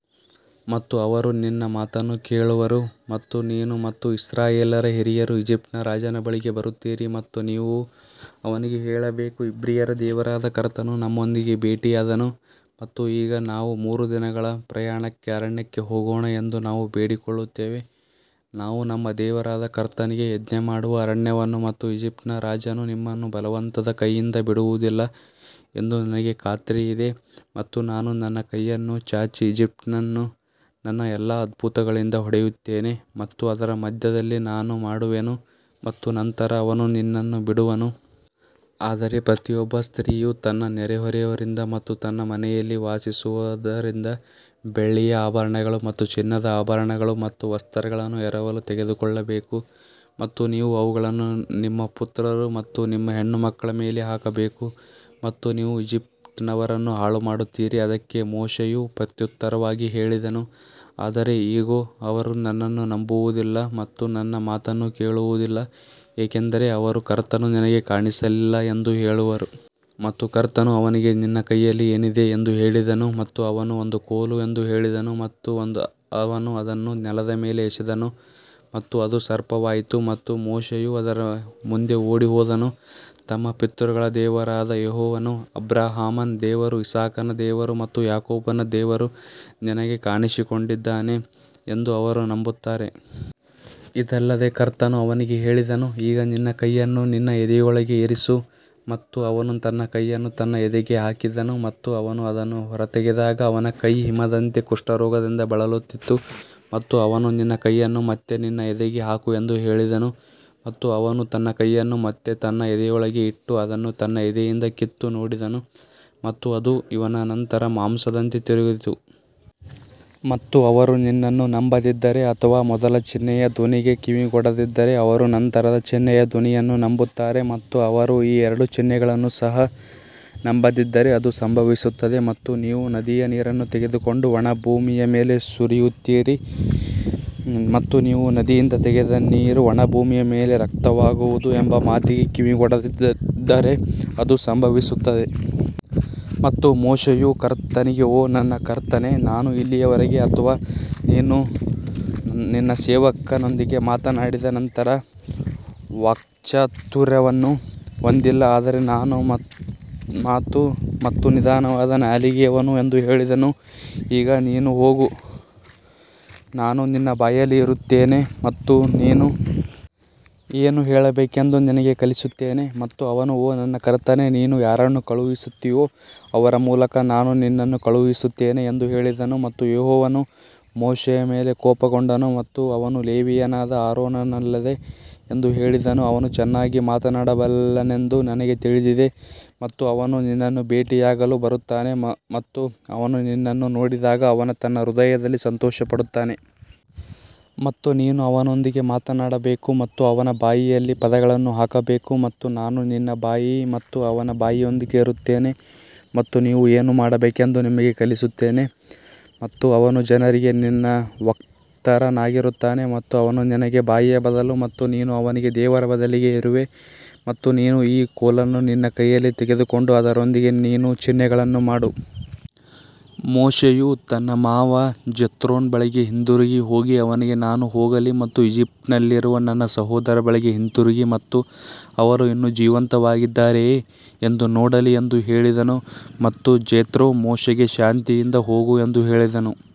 ಮತ್ತು ಅವರು ನಿನ್ನ ಮಾತನ್ನು ಕೇಳುವರು ಮತ್ತು ನೀನು ಮತ್ತು ಇಸ್ರಾಯೇಲ್ಯರ ಹಿರಿಯರು ಈಜಿಪ್ಟಿನ ರಾಜನ ಬಳಿಗೆ ಬರುತ್ತೀರಿ ಮತ್ತು ನೀವು ಅವನಿಗೆ ಹೇಳಬೇಕು ಇಬ್ರಿಯರ ದೇವರಾದ ಕರ್ತನು ನಮ್ಮೊಂದಿಗೆ ಭೇಟಿಯಾದನು ಮತ್ತು ಈಗ ನಾವು ಮೂರು ದಿನಗಳ ಪ್ರಯಾಣಕ್ಕೆ ಅರಣ್ಯಕ್ಕೆ ಹೋಗೋಣ ಎಂದು ನಾವು ಬೇಡಿಕೊಳ್ಳುತ್ತೇವೆ ನಾವು ನಮ್ಮ ದೇವರಾದ ಕರ್ತನಿಗೆ ಯಜ್ಞಮಾಡುವ ಅರಣ್ಯವನ್ನು ಮತ್ತು ಈಜಿಪ್ಟಿನ ರಾಜನು ನಿಮ್ಮನ್ನು ಬಲವಂತದ ಕೈಯಿಂದ ಬಿಡುವುದಿಲ್ಲ ಎಂದು ನನಗೆ ಖಾತ್ರಿಯಿದೆ ಮತ್ತು ನಾನು ನನ್ನ ಕೈಯನ್ನು ಚಾಚಿ ಈಜಿಪ್ಟ್ ಅನ್ನು ನನ್ನ ಎಲ್ಲಾ ಅದ್ಭುತಗಳಿಂದ ಹೊಡೆಯುತ್ತೇನೆ ಮತ್ತು ಅದರ ಮಧ್ಯದಲ್ಲಿ ನಾನು ಮಾಡುವೆನು ಮತ್ತು ನಂತರ ಅವನು ನಿನ್ನನ್ನು ಬಿಡುವನು. ಆದರೆ ಪ್ರತಿಯೊಬ್ಬ ಸ್ತ್ರೀಯು ತನ್ನ ನೆರೆಹೊರೆಯವರಿಂದ ಮತ್ತು ತನ್ನ ಮನೆಯಲ್ಲಿ ವಾಸಿಸುವವರಿಂದ ಬೆಳ್ಳಿಯ ಆಭರಣಗಳು ಮತ್ತು ಚಿನ್ನದ ಆಭರಣಗಳು ಮತ್ತು ವಸ್ತ್ರಗಳನ್ನು ಎರವಲು ತೆಗೆದುಕೊಳ್ಳಬೇಕು ಮತ್ತು ನೀವು ಅವುಗಳನ್ನು ನಿಮ್ಮ ಪುತ್ರರು ಮತ್ತು ನಿಮ್ಮ ಹೆಣ್ಣುಮಕ್ಕಳ ಮೇಲೆ ಹಾಕಬೇಕು ಮತ್ತು ನೀವು ಈಜಿಪ್ಟಿನವರನ್ನು ಹಾಳುಮಾಡುತ್ತೀರಿ. ಅದಕ್ಕೆ ಮೋಶೆಯು ಪ್ರತ್ಯುತ್ತರವಾಗಿ ಹೇಳಿದನು ಆದರೆ ಇಗೋ ಅವರು ನನ್ನನ್ನು ನಂಬುವುದಿಲ್ಲ ಮತ್ತು ನನ್ನ ಮಾತನ್ನು ಕೇಳುವುದಿಲ್ಲ ಏಕೆಂದರೆ ಅವರು ಕರ್ತನು ನಿನಗೆ ಕಾಣಿಸಲಿಲ್ಲ ಎಂದು ಹೇಳುವರು. ಮತ್ತು ಕರ್ತನು ಅವನಿಗೆ ನಿನ್ನ ಕೈಯಲ್ಲಿ ಏನಿದೆ ಎಂದು ಹೇಳಿದನು ಮತ್ತು ಅವನು ಒಂದು ಕೋಲು ಎಂದು ಹೇಳಿದನು ಮತ್ತು ಅವನು ಅದನ್ನು ನೆಲದ ಮೇಲೆ ಎಸೆದನು ಮತ್ತು ಅದು ಸರ್ಪವಾಯಿತು ಮತ್ತು ಮೋಶೆಯು ಅದರ ಮುಂದೆ ಓಡಿಹೋದನು. ತಮ್ಮ ಪಿತೃಗಳ ದೇವರಾದ ಯೆಹೋವನು ಅಬ್ರಹಾಮನ ದೇವರು ಇಸಾಕನ ದೇವರು ಮತ್ತು ಯಾಕೋಬನ ದೇವರು ನಿನಗೆ ಕಾಣಿಸಿಕೊಂಡಿದ್ದಾನೆ ಎಂದು ಅವರು ನಂಬುತ್ತಾರೆ. ಇದಲ್ಲದೆ ಕರ್ತನು ಅವನಿಗೆ ಹೇಳಿದನು ಈಗ ನಿನ್ನ ಕೈಯನ್ನು ನಿನ್ನ ಎದೆಯೊಳಗೆ ಇರಿಸು ಮತ್ತು ಅವನು ತನ್ನ ಕೈಯನ್ನು ತನ್ನ ಎದೆಗೆ ಹಾಕಿದನು ಮತ್ತು ಅವನು ಅದನ್ನು ಹೊರತೆಗೆದಾಗ ಅವನ ಕೈ ಹಿಮದಂತೆ ಕುಷ್ಠರೋಗದಿಂದ ಬಳಲುತ್ತಿತ್ತು. ಮತ್ತು ಅವನು ನಿನ್ನ ಕೈಯನ್ನು ಮತ್ತೆ ನಿನ್ನ ಎದೆಗೆ ಹಾಕು ಎಂದು ಹೇಳಿದನು ಮತ್ತು ಅವನು ತನ್ನ ಕೈಯನ್ನು ಮತ್ತೆ ತನ್ನ ಎದೆಯೊಳಗೆ ಇಟ್ಟು ಅದನ್ನು ತನ್ನ ಎದೆಯಿಂದ ಕಿತ್ತು ನೋಡಿದನು ಮತ್ತು ಅದು ಅವನ ಇತರ ಮಾಂಸದಂತೆ ತಿರುಗಿತು. ಮತ್ತು ಅವರು ನಿನ್ನನ್ನು ನಂಬದಿದ್ದರೆ ಅಥವಾ ಮೊದಲ ಚಿಹ್ನೆಯ ಧ್ವನಿಗೆ ಕಿವಿಗೊಡದಿದ್ದರೆ ಅವರು ನಂತರದ ಚಿಹ್ನೆಯ ಧ್ವನಿಯನ್ನು ನಂಬುತ್ತಾರೆ. ಮತ್ತು ಅವರು ಈ ಎರಡು ಚಿಹ್ನೆಗಳನ್ನು ಸಹ ನಂಬದಿದ್ದರೆ ಅದು ಸಂಭವಿಸುತ್ತದೆ ಮತ್ತು ನೀವು ನದಿಯ ನೀರನ್ನು ತೆಗೆದುಕೊಂಡು ಒಣ ಭೂಮಿಯ ಮೇಲೆ ಸುರಿಯುತ್ತೀರಿ ಮತ್ತು ನೀವು ನದಿಯಿಂದ ತೆಗೆದ ನೀರು ಒಣ ಭೂಮಿಯ ಮೇಲೆ ರಕ್ತವಾಗುವುದು ಎಂಬ ನಿಮ್ಮ ಮಾತಿಗೆ ಕಿವಿಗೊಡದಿದ್ದರೆ ಅದು ಸಂಭವಿಸುತ್ತದೆ. ಮತ್ತು ಮೋಶೆಯು ಕರ್ತನಿಗೆ ಓ ನನ್ನ ಕರ್ತನೇ ನಾನು ಇಲ್ಲಿಯವರೆಗೆ ಅಥವಾ ನೀನು ನಿನ್ನ ಸೇವಕನೊಂದಿಗೆ ಮಾತನಾಡಿದ ನಂತರ ವಾಕ್ಚಾತುರ್ಯವನ್ನು ಹೊಂದಿಲ್ಲ ಆದರೆ ನಾನು ಮಾತು ಮತ್ತು ನಿಧಾನವಾದ ನಾಲಿಗೆಯವನು ಎಂದು ಹೇಳಿದನು. ಈಗ ನೀನು ಹೋಗು ನಾನು ನಿನ್ನ ಬಾಯಲ್ಲಿ ಇರುತ್ತೇನೆ ಮತ್ತು ನೀನು ಏನು ಹೇಳಬೇಕೆಂದು ನಿನಗೆ ಕಲಿಸುತ್ತೇನೆ ಮತ್ತು ಅವನು ಓ ನನ್ನ ಕರ್ತನೇ ನೀನು ಯಾರನ್ನು ಕಳುಹಿಸುತ್ತೀಯೋ ಅವರ ಮೂಲಕ ನಾನು ನಿನ್ನನ್ನು ಕಳುಹಿಸುತ್ತೇನೆ ಎಂದು ಹೇಳಿದನು ಮತ್ತು ಯೆಹೋವನು ಮೋಶೆಯ ಮೇಲೆ ಕೋಪಗೊಂಡನು ಮತ್ತು ಅವನು ಲೇವಿಯನಾದ ಆರೋನನಲ್ಲವೇ ಎಂದು ಹೇಳಿದನು ಅವನು ಚೆನ್ನಾಗಿ ಮಾತನಾಡಬಲ್ಲನೆಂದು ನನಗೆ ತಿಳಿದಿದೆ ಮತ್ತು ಅವನು ನಿನ್ನನ್ನು ಭೇಟಿಯಾಗಲು ಬರುತ್ತಾನೆ ಮತ್ತು ಅವನು ನಿನ್ನನ್ನು ನೋಡಿದಾಗ ಅವನು ತನ್ನ ಹೃದಯದಲ್ಲಿ ಸಂತೋಷಪಡುತ್ತಾನೆ. ಮತ್ತು ನೀನು ಅವನೊಂದಿಗೆ ಮಾತನಾಡಬೇಕು ಮತ್ತು ಅವನ ಬಾಯಿಯಲ್ಲಿ ಪದಗಳನ್ನು ಹಾಕಬೇಕು ಮತ್ತು ನಾನು ನಿನ್ನ ಬಾಯಿ ಮತ್ತು ಅವನ ಬಾಯಿಯೊಂದಿಗೆ ಇರುತ್ತೇನೆ ಮತ್ತು ನೀವು ಏನು ಮಾಡಬೇಕೆಂದು ನಿಮಗೆ ಕಲಿಸುತ್ತೇನೆ. ಮತ್ತು ಅವನು ಜನರಿಗೆ ನಿನ್ನ ವಕ್ತಾರನಾಗಿರುತ್ತಾನೆ ಮತ್ತು ಅವನು ನಿನಗೆ ಬಾಯಿಯ ಬದಲು ಮತ್ತು ನೀನು ಅವನಿಗೆ ದೇವರ ಬದಲಿಗೆ ಇರುವೆ ಮತ್ತು ನೀನು ಈ ಕೋಲನ್ನು ನಿನ್ನ ಕೈಯಲ್ಲಿ ತೆಗೆದುಕೊಂಡು ಅದರೊಂದಿಗೆ ನೀನು ಚಿಹ್ನೆಗಳನ್ನು ಮಾಡು. ಮೋಶೆಯು ತನ್ನ ಮಾವ ಜೆತ್ರೋನ ಬಳಿಗೆ ಹಿಂತಿರುಗಿ ಹೋಗಿ ಅವನಿಗೆ ನಾನು ಹೋಗಲಿ ಮತ್ತು ಈಜಿಪ್ಟಿನಲ್ಲಿರುವ ನನ್ನ ಸಹೋದರರ ಬಳಿಗೆ ಹಿಂತಿರುಗಿ ಮತ್ತು ಅವರು ಇನ್ನೂ ಜೀವಂತವಾಗಿದ್ದಾರೆಯೇ ಎಂದು ನೋಡಲಿ ಎಂದು ಹೇಳಿದನು ಮತ್ತು ಜೆತ್ರೋ ಮೋಶೆಗೆ ಶಾಂತಿಯಿಂದ ಹೋಗು ಎಂದು ಹೇಳಿದನು.